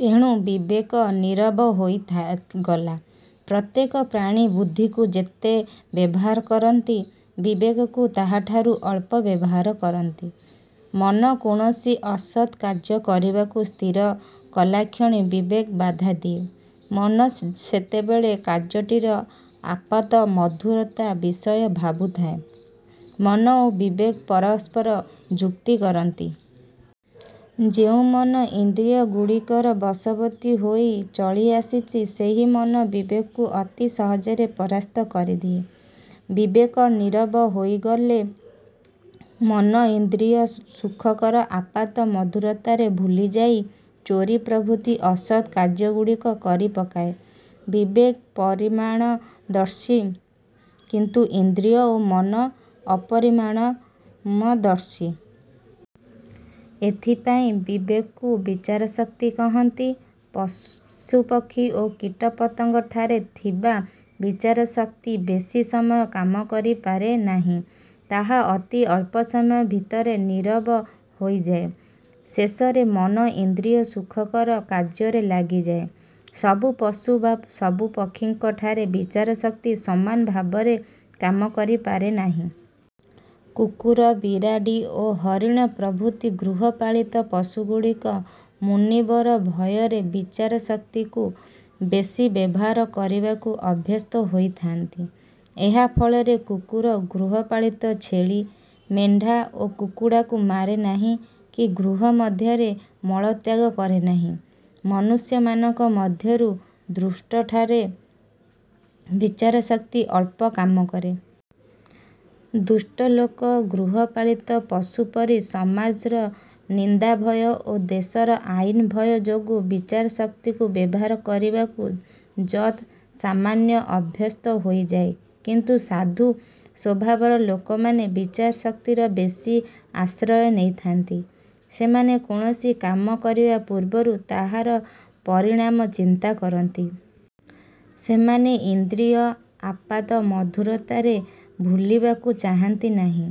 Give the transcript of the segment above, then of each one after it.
ତେଣୁ ବିବେକ ନୀରବ ହୋଇଗଲା। ପ୍ରତ୍ୟେକ ପ୍ରାଣୀ ବୁଦ୍ଧିକୁ ଯେତେ ବ୍ୟବହାର କରନ୍ତି, ବିବେକକୁ ତାହାଠାରୁ ଅଳ୍ପ ବ୍ୟବହାର କରନ୍ତି। ମନ କୌଣସି ଅସତ୍ କାର୍ଯ୍ୟ କରିବାକୁ ସ୍ଥିର କଲାକ୍ଷଣି ବିବେକ ବାଧା ଦିଏ। ମନ ସେତେବେଳେ କାର୍ଯ୍ୟଟିର ଆପାତ ମଧୁରତା ବିଷୟ ଭାବୁଥାଏ। ମନ ଓ ବିବେକ ପରସ୍ପର ଯୁକ୍ତି କରନ୍ତି। ଯେଉଁ ମନ ଇନ୍ଦ୍ରିୟଗୁଡ଼ିକର ବଶବର୍ତ୍ତୀ ହୋଇ ଚଳି ଆସିଛି, ସେହି ମନ ବିବେକକୁ ଅତି ସହଜରେ ପରାସ୍ତ କରିଦିଏ। ବିବେକ ନୀରବ ହୋଇଗଲେ ମନ ଇନ୍ଦ୍ରିୟ-ସୁଖକର ଆପାତ ମଧୁରତାରେ ଭୁଲିଯାଇ ଚୋରି ପ୍ରଭୃତି ଅସତ୍ କାର୍ଯ୍ୟଗୁଡ଼ିକ କରିପକାଏ। ବିବେକ ପରିଣାମଦର୍ଶୀ କିନ୍ତୁ ଇନ୍ଦ୍ରିୟ ଓ ମନ ଅପରିମାଣମଦର୍ଶୀ। ଏଥିପାଇଁ ବିବେକକୁ ବିଚାରଶକ୍ତି କହନ୍ତି। ପଶୁପକ୍ଷୀ ଓ କୀଟପତଙ୍ଗଠାରେ ଥିବା ବିଚାରଶକ୍ତି ବେଶୀ ସମୟ କାମ କରିପାରେ ନାହିଁ। ତାହା ଅତି ଅଳ୍ପ ସମୟ ଭିତରେ ନୀରବ ହୋଇଯାଏ। ଶେଷରେ ମନ ଇନ୍ଦ୍ରିୟ-ସୁଖକର କାର୍ଯ୍ୟରେ ଲାଗିଯାଏ। ସବୁ ପଶୁ ବା ସବୁ ପକ୍ଷୀଙ୍କ ଠାରେ ବିଚାରଶକ୍ତି ସମାନ ଭାବରେ କାମ କରିପାରେ ନାହିଁ। କୁକୁର, ବିରାଡ଼ି ଓ ହରିଣ ପ୍ରଭୃତି ଗୃହପାଳିତ ପଶୁଗୁଡ଼ିକ ମୁନିବର ଭୟରେ ବିଚାରଶକ୍ତିକୁ ବେଶି ବ୍ୟବହାର କରିବାକୁ ଅଭ୍ୟସ୍ତ ହୋଇଥାନ୍ତି। ଏହା ଫଳରେ କୁକୁର ଗୃହପାଳିତ ଛେଳି, ମେଣ୍ଢା ଓ କୁକୁଡ଼ାକୁ ମାରେ ନାହିଁ କି ଗୃହ ମଧ୍ୟରେ ମଳତ୍ୟାଗ କରେ ନାହିଁ। ମନୁଷ୍ୟମାନଙ୍କ ମଧ୍ୟରୁ ଦୁଷ୍ଟଠାରେ ବିଚାରଶକ୍ତି ଅଳ୍ପ କାମ କରେ। ଦୁଷ୍ଟ ଲୋକ ଗୃହପାଳିତ ପଶୁପରି ସମାଜର ନିନ୍ଦାଭୟ ଓ ଦେଶର ଆଇନ ଭୟ ଯୋଗୁଁ ବିଚାରଶକ୍ତିକୁ ବ୍ୟବହାର କରିବାକୁ ଯତ୍ ସାମାନ୍ୟ ଅଭ୍ୟସ୍ତ ହୋଇଯାଏ କିନ୍ତୁ ସାଧୁ ସ୍ଵଭାବର ଲୋକମାନେ ବିଚାରଶକ୍ତିର ବେଶୀ ଆଶ୍ରୟ ନେଇଥାନ୍ତି। ସେମାନେ କୌଣସି କାମ କରିବା ପୂର୍ବରୁ ତାହାର ପରିଣାମ ଚିନ୍ତା କରନ୍ତି। ସେମାନେ ଇନ୍ଦ୍ରିୟ ଆପାତ ମଧୁରତାରେ ଭୁଲିବାକୁ ଚାହାନ୍ତି ନାହିଁ।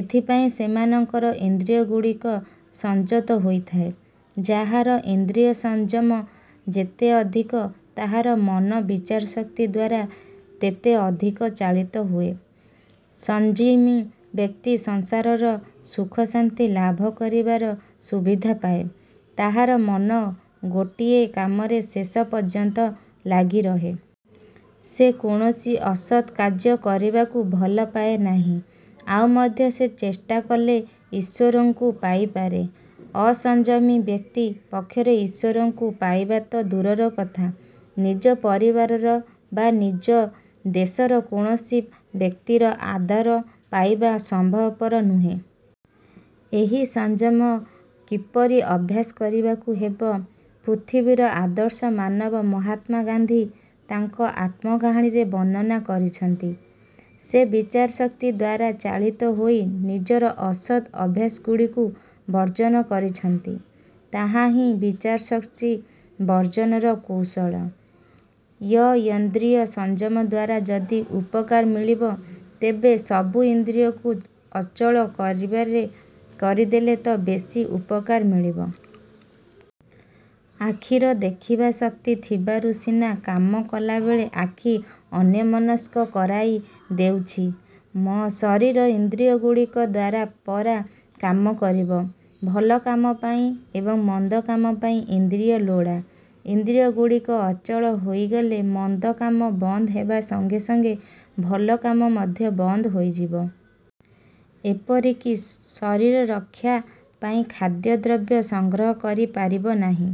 ଏଥିପାଇଁ ସେମାନଙ୍କର ଇନ୍ଦ୍ରିୟଗୁଡ଼ିକ ସଂଯତ ହୋଇଥାଏ। ଯାହାର ଇନ୍ଦ୍ରିୟ-ସଂଯମ ଯେତେ ଅଧିକ, ତାହାର ମନ ବିଚାରଶକ୍ତି ଦ୍ଵାରା ତେତେ ଅଧିକ ଚାଳିତ ହୁଏ। ସଂଯମୀ ବ୍ୟକ୍ତି ସଂସାରର ସୁଖଶାନ୍ତି ଲାଭ କରିବାର ସୁବିଧା ପାଏ। ତାହାର ମନ ଗୋଟିଏ କାମରେ ଶେଷ ପର୍ଯ୍ୟନ୍ତ ଲାଗି ରହେ। ସେ କୌଣସି ଅସତ୍ କାର୍ଯ୍ୟ କରିବାକୁ ଭଲପାଏ ନାହିଁ। ଆଉ ମଧ୍ୟ ସେ ଚେଷ୍ଟା କଲେ ଈଶ୍ଵରଙ୍କୁ ପାଇପାରେ। ଅସଂଯମୀ ବ୍ୟକ୍ତି ପକ୍ଷରେ ଈଶ୍ଵରଙ୍କୁ ପାଇବା ତ ଦୂରର କଥା, ନିଜ ପରିବାରର ବା ନିଜ ଦେଶର କୌଣସି ବ୍ୟକ୍ତିର ଆଦର ପାଇବା ସମ୍ଭବପର ନୁହେଁ। ଏହି ସଂଯମ କିପରି ଅଭ୍ୟାସ କରିବାକୁ ହେବ, ପୃଥିବୀର ଆଦର୍ଶ ମାନବ ମହାତ୍ମା ଗାନ୍ଧୀ ତାଙ୍କ ଆତ୍ମକାହାଣୀରେ ବର୍ଣ୍ଣନା କରିଛନ୍ତି। ସେ ବିଚାରଶକ୍ତି ଦ୍ଵାରା ଚାଳିତ ହୋଇ ନିଜର ଅସତ୍ ଅଭ୍ୟାସଗୁଡ଼ିକୁ ବର୍ଜନ କରିଛନ୍ତି। ତାହାହିଁ ବିଚାରଶକ୍ତି ବର୍ଦ୍ଧନର କୌଶଳ। ୟ-ଇନ୍ଦ୍ରିୟ ସଂଯମ ଦ୍ଵାରା ଯଦି ଉପକାର ମିଳିବ, ତେବେ ସବୁ ଇନ୍ଦ୍ରିୟକୁ ଅଚଳ କରିଦେଲେ ତ ବେଶୀ ଉପକାର ମିଳିବ? ଆଖିର ଦେଖିବା ଶକ୍ତି ଥିବାରୁ ସିନା କାମ କଲାବେଳେ ଆଖି ଅନ୍ୟମନସ୍କ କରାଇ ଦେଉଛି? ମ-ଶରୀର ଇନ୍ଦ୍ରିୟଗୁଡ଼ିକ ଦ୍ଵାରା ପରା କାମ କରିବ? ଭଲ କାମ ପାଇଁ ଏବଂ ମନ୍ଦ କାମ ପାଇଁ ଇନ୍ଦ୍ରିୟ ଲୋଡ଼ା। ଇନ୍ଦ୍ରିୟଗୁଡ଼ିକ ଅଚଳ ହୋଇଗଲେ ମନ୍ଦ କାମ ବନ୍ଦ ହେବା ସଙ୍ଗେ ସଙ୍ଗେ ଭଲ କାମ ମଧ୍ୟ ବନ୍ଦ ହୋଇଯିବ। ଏପରିକି ଶରୀର ରକ୍ଷା ପାଇଁ ଖାଦ୍ୟ ଦ୍ରବ୍ୟ ସଂଗ୍ରହ କରି ପାରିବ ନାହିଁ,